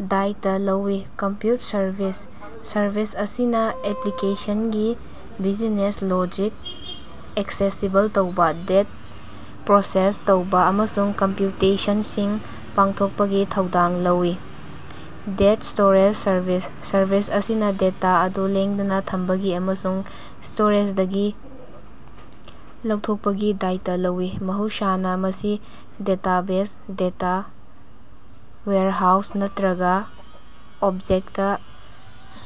ꯗꯥꯏꯇ ꯂꯧꯏ꯫ Compute service: service ꯑꯁꯤꯅ ꯑꯦꯄ꯭ꯂꯤꯀꯦꯁꯟꯒꯤ ꯕꯤꯖꯤꯅꯦꯁ ꯂꯣꯖꯤꯛ ꯑꯦꯛꯁꯦꯁꯤꯕꯜ ꯇꯧꯕ, ꯗꯦꯇ ꯄ꯭ꯔꯣꯁꯦꯁ ꯇꯧꯕ ꯑꯃꯁꯨꯡ ꯀꯝꯄ꯭ꯌꯨꯇꯦꯁꯟꯁꯤꯡ ꯄꯥꯡꯊꯣꯛꯄꯒꯤ ꯊꯧꯗꯥꯡ ꯂꯧꯏ꯫ ꯗꯦꯇ ꯁ꯭ꯇꯣꯔꯦꯖ ꯁꯔꯚꯤꯁ: ꯁꯔꯚꯤꯁ ꯑꯁꯤꯅ ꯗꯦꯇꯥ ꯑꯗꯨ ꯂꯦꯡꯗꯅ ꯊꯝꯕꯒꯤ ꯑꯃꯁꯨꯡ ꯁ꯭ꯇꯣꯔꯦꯖꯗꯒꯤ ꯂꯧꯊꯣꯛꯄꯒꯤ ꯗꯥꯏꯇ ꯂꯧꯏ꯫ ꯃꯍꯧꯁꯥꯅ, ꯃꯁꯤ ꯗꯦꯇꯥꯕꯦꯖ, ꯗꯦꯇꯥ ꯋꯦꯌꯔꯍꯥꯎꯁ ꯅꯠꯇ꯭ꯔꯒ ꯑꯣꯕꯖꯦꯛꯇ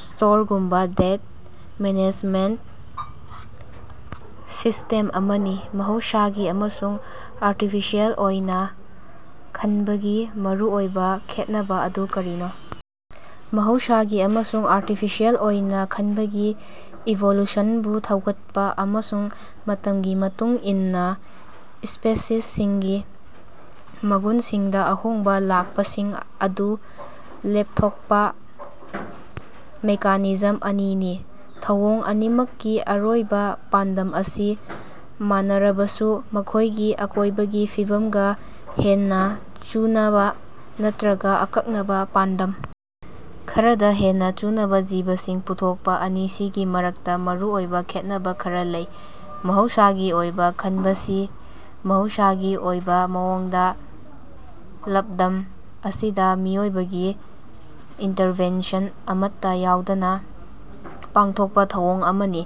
ꯁ꯭ꯇꯣꯔꯒꯨꯝꯕ ꯗꯦꯇ ꯃꯦꯅꯦꯖꯃꯦꯟꯇ ꯁꯤꯁ꯭ꯇꯦꯝ ꯑꯃꯅꯤ꯫ ꯃꯍꯧꯁꯥꯒꯤ ꯑꯃꯁꯨꯡ ꯑꯥꯔꯇꯤꯐꯤꯁꯤꯑꯦꯜ ꯑꯣꯏꯅꯥ ꯈꯟꯕꯒꯤ ꯃꯔꯨꯑꯣꯏꯕ ꯈꯦꯠꯅꯕ ꯑꯗꯨ ꯀꯔꯤꯅꯣ? ꯃꯍꯧꯁꯥꯒꯤ ꯑꯃꯁꯨꯡ ꯑꯥꯔꯇꯤꯐꯤꯁꯤꯑꯦꯜ ꯑꯣꯏꯅ ꯈꯟꯕꯁꯤ ꯏꯚꯣꯂꯨꯁꯟꯕꯨ ꯊꯧꯒꯠꯄ ꯑꯃꯁꯨꯡ ꯃꯇꯝꯒꯤ ꯃꯇꯨꯡ ꯏꯟꯅ ꯁ꯭ꯄꯦꯁꯤꯁꯁꯤꯡꯒꯤ ꯃꯒꯨꯟꯁꯤꯡꯗ ꯑꯍꯣꯡꯕ ꯂꯥꯛꯄꯁꯤꯡ ꯑꯗꯨ ꯂꯦꯞꯊꯣꯛꯄ ꯃꯦꯀꯥꯅꯤꯖꯝ ꯑꯅꯤꯅꯤ꯫ ꯊꯧꯑꯣꯡ ꯑꯅꯤꯃꯛꯀꯤ ꯑꯔꯣꯏꯕ ꯄꯥꯟꯗꯝ ꯑꯁꯤ ꯃꯥꯟꯅꯔꯕꯁꯨ ꯃꯈꯣꯏꯒꯤ ꯑꯀꯣꯏꯕꯒꯤ ꯐꯤꯕꯝꯒ ꯍꯦꯟꯅ ꯆꯨꯅꯕ ꯅꯠꯇ꯭ꯔꯒ ꯑꯀꯛꯅꯕ ꯄꯥꯟꯗꯝ ꯈꯔꯗ ꯍꯦꯟꯅ ꯆꯨꯅꯕ ꯖꯤꯕꯁꯤꯡ ꯄꯨꯊꯣꯛꯄ ꯑꯅꯤꯁꯤꯒꯤ ꯃꯔꯛꯇ ꯃꯔꯨꯑꯣꯏꯕ ꯈꯦꯠꯅꯕ ꯈꯔ ꯂꯩ꯫ ꯃꯍꯧꯁꯥꯒꯤ ꯑꯣꯏꯕꯥ ꯈꯟꯕꯁꯤ ꯃꯍꯧꯁꯥꯒꯤ ꯑꯣꯏꯕ ꯃꯑꯣꯡꯗ ꯂꯞꯗꯝ ꯑꯁꯤꯗ, ꯃꯤꯑꯣꯏꯕꯒꯤ ꯏꯟꯇꯔꯚꯦꯟꯁꯟ ꯑꯃꯠꯇ ꯌꯥꯎꯗꯅ ꯄꯥꯡꯊꯣꯛꯄ ꯊꯧꯑꯣꯡ ꯑꯃꯅꯤ꯫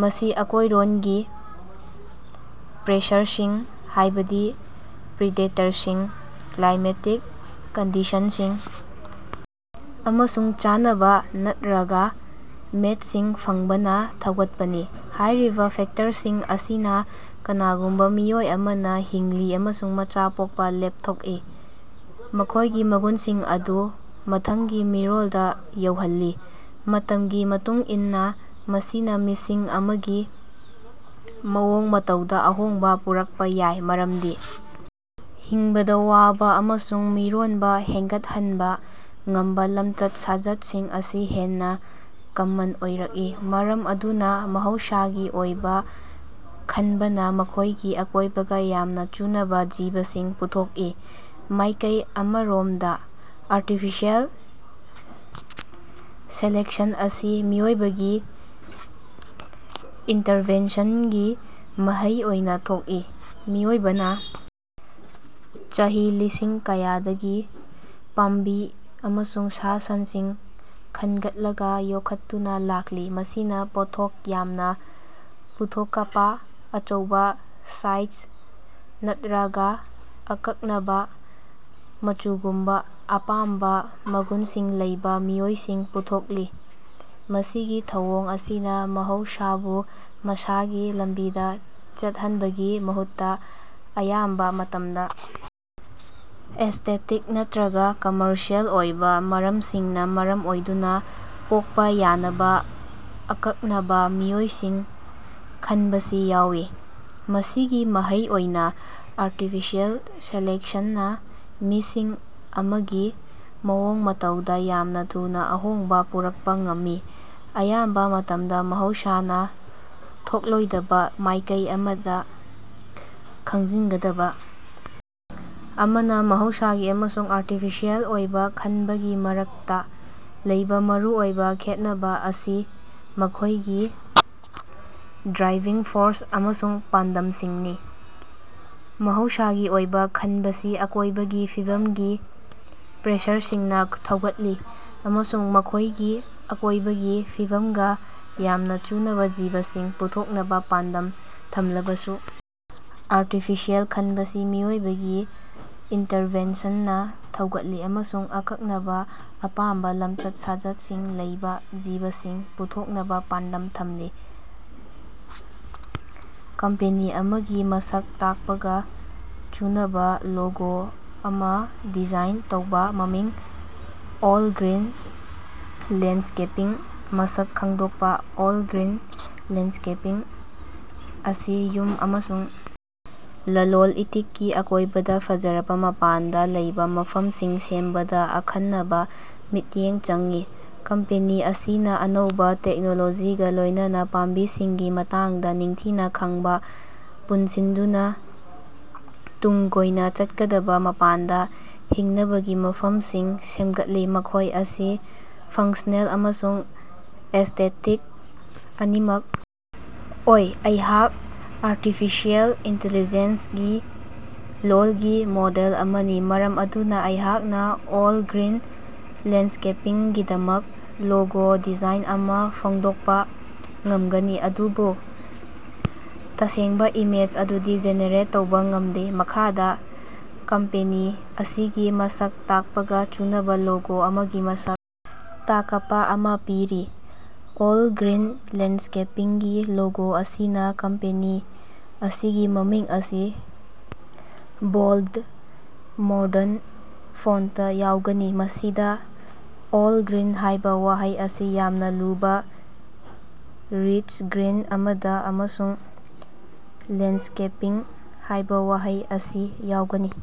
ꯃꯁꯤ ꯑꯀꯣꯏꯔꯣꯟꯒꯤ ꯄ꯭ꯔꯦꯁꯔꯁꯤꯡ, ꯍꯥꯏꯕꯗꯤ ꯄ꯭ꯔꯤꯗꯦꯇꯔꯁꯤꯡ, ꯀ꯭ꯂꯥꯏꯃꯦꯇꯤꯛ ꯀꯟꯗꯤꯁꯟꯁꯤꯡ, ꯑꯃꯁꯨꯡ ꯆꯥꯅꯕꯥ ꯅꯠꯠꯔꯒꯥ ꯃꯦꯠꯁꯤꯡ ꯐꯪꯕꯅꯥ ꯊꯧꯒꯠꯄꯅꯤ꯫ ꯍꯥꯏꯔꯤꯕ ꯐꯦꯛꯇꯔꯁꯤꯡ ꯑꯁꯤꯅ ꯀꯅꯥꯒꯨꯝꯕ ꯃꯤꯑꯣꯏ ꯑꯃꯅ ꯍꯤꯡꯂꯤ ꯑꯃꯁꯨꯡ ꯃꯆꯥ ꯄꯣꯛꯄ ꯂꯦꯞꯊꯣꯛꯏ, ꯃꯈꯣꯏꯒꯤ ꯃꯒꯨꯟꯁꯤꯡ ꯑꯗꯨ ꯃꯊꯪꯒꯤ ꯃꯤꯔꯣꯜꯗ ꯌꯧꯍꯜꯂꯤ꯫ ꯃꯇꯝꯒꯤ ꯃꯇꯨꯡꯏꯟꯅ, ꯃꯁꯤꯅꯥ ꯃꯤꯁꯤꯡ ꯑꯃꯒꯤ ꯃꯑꯣꯡ-ꯃꯇꯧꯗ ꯑꯍꯣꯡꯕ ꯄꯨꯔꯛꯄꯥ ꯌꯥꯏ, ꯃꯔꯝꯗꯤ ꯍꯤꯡꯕꯗ ꯋꯥꯕ ꯑꯃꯁꯨꯡ ꯃꯤꯔꯣꯟꯕ ꯍꯦꯟꯒꯠꯍꯟꯕ ꯉꯝꯕ ꯂꯝꯆꯠ-ꯁꯥꯖꯠꯁꯤꯡ ꯑꯁꯤ ꯍꯦꯟꯅ ꯀꯃꯟ ꯑꯣꯏꯔꯛꯏ꯫ ꯃꯔꯝ ꯑꯗꯨꯅ ꯃꯍꯧꯁꯥꯒꯤ ꯑꯣꯏꯕ ꯈꯟꯕꯅ ꯃꯈꯣꯏꯒꯤ ꯑꯀꯣꯏꯕꯒ ꯌꯥꯝꯅ ꯆꯨꯅꯕ ꯖꯤꯕꯁꯤꯡ ꯄꯨꯊꯣꯛꯏ꯫ ꯃꯥꯏꯀꯩ ꯑꯃꯔꯣꯝꯗ ꯑꯥꯔꯇꯤꯐꯤꯁꯤꯑꯦꯜ ꯁꯦꯂꯦꯛꯁꯟ ꯑꯁꯤ ꯃꯤꯑꯣꯏꯕꯒꯤ ꯏꯟꯇꯔꯚꯦꯟꯁꯟꯒꯤ ꯃꯍꯩ ꯑꯣꯏꯅ ꯊꯣꯛꯏ꯫ ꯃꯤꯑꯣꯏꯕꯅ ꯆꯍꯤ ꯂꯤꯁꯤꯡ ꯀꯌꯥꯗꯒꯤ ꯄꯥꯝꯕꯤ ꯑꯃꯁꯨꯡ ꯁꯥ-ꯁꯟꯁꯤꯡ ꯈꯟꯒꯠꯂꯒ ꯌꯣꯛꯈꯠꯇꯨꯅ ꯂꯥꯛꯂꯤ, ꯃꯁꯤꯅ ꯄꯣꯠꯊꯣꯛ ꯌꯥꯝꯅꯥ ꯄꯨꯊꯣꯀꯄꯥ, ꯑꯆꯧꯕꯥ ꯁꯥꯏꯖ ꯅꯠꯠꯔꯒꯥ ꯑꯀꯛꯅꯕꯥ ꯃꯆꯨꯒꯨꯝꯕ ꯑꯄꯥꯝꯕ ꯃꯒꯨꯟꯁꯤꯡ ꯂꯩꯕ ꯃꯤꯑꯣꯏꯁꯤꯡ ꯄꯨꯊꯣꯛꯂꯤ꯫ ꯃꯁꯤꯒꯤ ꯊꯧꯑꯣꯡ ꯑꯁꯤꯅ ꯃꯍꯧꯁꯥꯕꯨ ꯃꯁꯥꯒꯤ ꯂꯝꯕꯤꯗꯥ ꯆꯠꯍꯟꯕꯒꯤ ꯃꯍꯨꯠꯇ, ꯑꯌꯥꯝꯕ ꯃꯇꯝꯗ ꯑꯦꯁ꯭ꯇꯦꯇꯤꯛ ꯅꯠꯇ꯭ꯔꯒ ꯀꯝꯃꯔꯁꯤꯑꯦꯜ ꯑꯣꯏꯕ ꯃꯔꯝꯁꯤꯡꯅ ꯃꯔꯝ ꯑꯣꯏꯗꯨꯅ, ꯄꯣꯛꯄ ꯌꯥꯅꯕ ꯑꯀꯛꯅꯕ ꯃꯤꯑꯣꯏꯁꯤꯡ ꯈꯟꯕꯁꯤ ꯌꯥꯎꯏ꯫ ꯃꯁꯤꯒꯤ ꯃꯍꯩ ꯑꯣꯏꯅ, ꯑꯥꯔꯇꯤꯐꯤꯁꯤꯑꯦꯜ ꯁꯦꯂꯦꯛꯁꯟꯅ ꯃꯤꯁꯤꯡ ꯑꯃꯒꯤ ꯃꯑꯣꯡ-ꯃꯇꯧꯗ ꯌꯥꯝꯅ ꯊꯨꯅ ꯑꯍꯣꯡꯕ ꯄꯨꯔꯛꯄ ꯉꯝꯃꯤ, ꯑꯌꯥꯝꯕ ꯃꯇꯝꯗ ꯃꯍꯧꯁꯥꯅ ꯊꯣꯛꯂꯣꯏꯗꯕ ꯃꯥꯏꯀꯩ ꯑꯃꯗ꯫ ꯈꯪꯖꯤꯟꯒꯗꯕ ꯑꯃꯅꯥ, ꯃꯍꯧꯁꯥꯒꯤ ꯑꯃꯁꯨꯡ ꯑꯥꯔꯇꯤꯐꯤꯁꯤꯑꯦꯜ ꯑꯣꯏꯕ ꯈꯟꯕꯒꯤ ꯃꯔꯛꯇ ꯂꯩꯕ ꯃꯔꯨꯑꯣꯏꯕ ꯈꯦꯠꯅꯕ ꯑꯁꯤ ꯃꯈꯣꯏꯒꯤ ꯗ꯭ꯔꯥꯏꯚꯤꯡ ꯐꯣꯔꯁ ꯑꯃꯁꯨꯡ ꯄꯥꯟꯗꯝꯁꯤꯡꯅꯤ꯫ ꯃꯍꯧꯁꯥꯒꯤ ꯑꯣꯏꯕ ꯈꯟꯕꯁꯤ ꯑꯀꯣꯏꯕꯒꯤ ꯐꯤꯕꯝꯒꯤ ꯄ꯭ꯔꯦꯁꯔꯁꯤꯡꯅ ꯊꯧꯒꯠꯂꯤ ꯑꯃꯁꯨꯡ ꯃꯈꯣꯏꯒꯤ ꯑꯀꯣꯏꯕꯒꯤ ꯐꯤꯕꯝꯒ ꯌꯥꯝꯅ ꯆꯨꯅꯕ ꯖꯤꯕꯁꯤꯡ ꯄꯨꯊꯣꯛꯅꯕ ꯄꯥꯟꯗꯝ ꯊꯝꯂꯕꯁꯨ, ꯑꯥꯔꯇꯤꯐꯤꯁꯤꯑꯦꯜ ꯈꯟꯕꯁꯤ ꯃꯤꯑꯣꯏꯕꯒꯤ ꯏꯟꯇꯔꯚꯦꯟꯁꯟꯅ ꯊꯧꯒꯠꯂꯤ ꯑꯃꯁꯨꯡ ꯑꯀꯛꯅꯕ, ꯑꯄꯥꯝꯕ ꯂꯝꯆꯠ-ꯁꯥꯖꯠꯁꯤꯡ ꯂꯩꯕ ꯖꯤꯕꯁꯤꯡ ꯄꯨꯊꯣꯛꯅꯕ ꯄꯥꯟꯗꯝ ꯊꯝꯂꯤ꯫ ꯀꯝꯄꯦꯅꯤ ꯑꯃꯒꯤ ꯃꯁꯛ ꯇꯥꯛꯄꯒ ꯆꯨꯅꯕꯥ ꯂꯣꯒꯣ ꯑꯃ ꯗꯤꯖꯥꯏꯟ ꯇꯧꯕ꯫ ꯃꯃꯤꯡ: ꯑꯣꯜ-ꯒ꯭ꯔꯤꯟ ꯂꯦꯟꯗꯁ꯭ꯀꯦꯄꯤꯡ ꯃꯁꯛ ꯈꯪꯗꯣꯛꯄ: ꯑꯣꯜ-ꯒ꯭ꯔꯤꯟ ꯂꯦꯟꯗꯁ꯭ꯀꯦꯄꯤꯡ ꯑꯁꯤ ꯌꯨꯝ ꯑꯃꯁꯨꯡ ꯂꯂꯣꯟ-ꯏꯇꯤꯛꯀꯤ ꯑꯀꯣꯏꯕꯗ ꯐꯖꯔꯕ ꯃꯄꯥꯟꯗ ꯂꯩꯕ ꯃꯐꯝꯁꯤꯡ ꯁꯦꯝꯕꯗ ꯑꯈꯟꯅꯕ ꯃꯤꯠꯌꯦꯡ ꯆꯪꯏ꯫ ꯀꯝꯄꯦꯅꯤ ꯑꯁꯤꯅ ꯑꯅꯧꯕ ꯇꯦꯛꯅꯣꯂꯣꯖꯤꯒꯥ ꯂꯣꯏꯅꯅ ꯄꯥꯝꯕꯤꯁꯤꯡꯒꯤ ꯃꯇꯥꯡꯗ ꯅꯤꯡꯊꯤꯅ ꯈꯪꯕꯥ ꯄꯨꯟꯁꯤꯟꯗꯨꯅ ꯇꯨꯡ ꯀꯣꯏꯅ ꯆꯠꯀꯗꯕ ꯃꯄꯥꯟꯗ ꯍꯤꯡꯅꯕꯒꯤ ꯃꯐꯝꯁꯤꯡ ꯁꯦꯝꯒꯠꯂꯤ, ꯃꯈꯣꯏ ꯑꯁꯤ ꯐꯪꯁ꯭ꯅꯦꯜ ꯑꯃꯁꯨꯡ ꯑꯦꯁ꯭ꯇꯦꯇꯤꯛ ꯑꯅꯤꯃꯛ ꯑꯣꯏ꯫ ꯑꯩꯍꯥꯛ ꯑꯥꯔꯇꯤꯐꯤꯁꯥꯑꯦꯜ ꯏꯟꯇꯤꯂꯤꯖꯦꯟꯁꯒꯤ ꯂꯣꯜꯒꯤ ꯃꯣꯗꯦꯜ ꯑꯃꯅꯤ, ꯃꯔꯝ ꯑꯗꯨꯅ ꯑꯩꯍꯥꯛꯅ ꯑꯣꯜ-ꯒ꯭ꯔꯤꯟ ꯂꯦꯟꯗꯁ꯭ꯀꯦꯄꯤꯡꯒꯤꯗꯃꯛ ꯂꯣꯒꯣ ꯗꯤꯖꯥꯏꯟ ꯑꯃꯥ ꯐꯣꯡꯗꯣꯛꯄ ꯉꯝꯒꯅꯤ, ꯑꯗꯨꯕꯨ ꯇꯁꯦꯡꯕ ꯏꯃꯦꯖ ꯑꯗꯨꯗꯤ ꯖꯦꯅꯦꯔꯦꯠ ꯇꯧꯕ ꯉꯝꯗꯦ꯫ ꯃꯈꯥꯗ ꯀꯝꯄꯦꯅꯤ ꯑꯁꯤꯒꯤ ꯃꯁꯛ ꯇꯥꯛꯄꯒ ꯆꯨꯅꯕ ꯂꯣꯒꯣ ꯑꯃꯒꯤ ꯃꯁꯛ ꯇꯥꯀꯄꯥ ꯑꯃꯥ ꯄꯤꯔꯤ: ꯑꯣꯜ-ꯒ꯭ꯔꯤꯟ ꯂꯦꯟꯗꯁ꯭ꯀꯦꯄꯤꯡꯒꯤ ꯂꯣꯒꯣ ꯑꯁꯤꯅꯥ ꯀꯝꯄꯦꯅꯤ ꯑꯁꯤꯒꯤ ꯃꯃꯤꯡ ꯑꯁꯤ ꯕꯣꯜꯗ, ꯃꯣꯗꯔꯟ ꯐꯣꯟꯇꯇ ꯌꯥꯎꯒꯅꯤ, ꯃꯁꯤꯗ "ꯑꯣꯜ-ꯒ꯭ꯔꯤꯟ" ꯍꯥꯏꯕ ꯋꯥꯍꯩ ꯑꯁꯤ ꯌꯥꯝꯅ ꯂꯨꯕ, ꯔꯤꯆ ꯒ꯭ꯔꯤꯟ ꯑꯃꯗ ꯑꯃꯁꯨꯡ "ꯂꯦꯟꯗꯁ꯭ꯀꯦꯄꯤꯡ" ꯍꯥꯏꯕ ꯋꯥꯍꯩ ꯑꯁꯤ ꯌꯥꯎꯒꯅꯤ꯫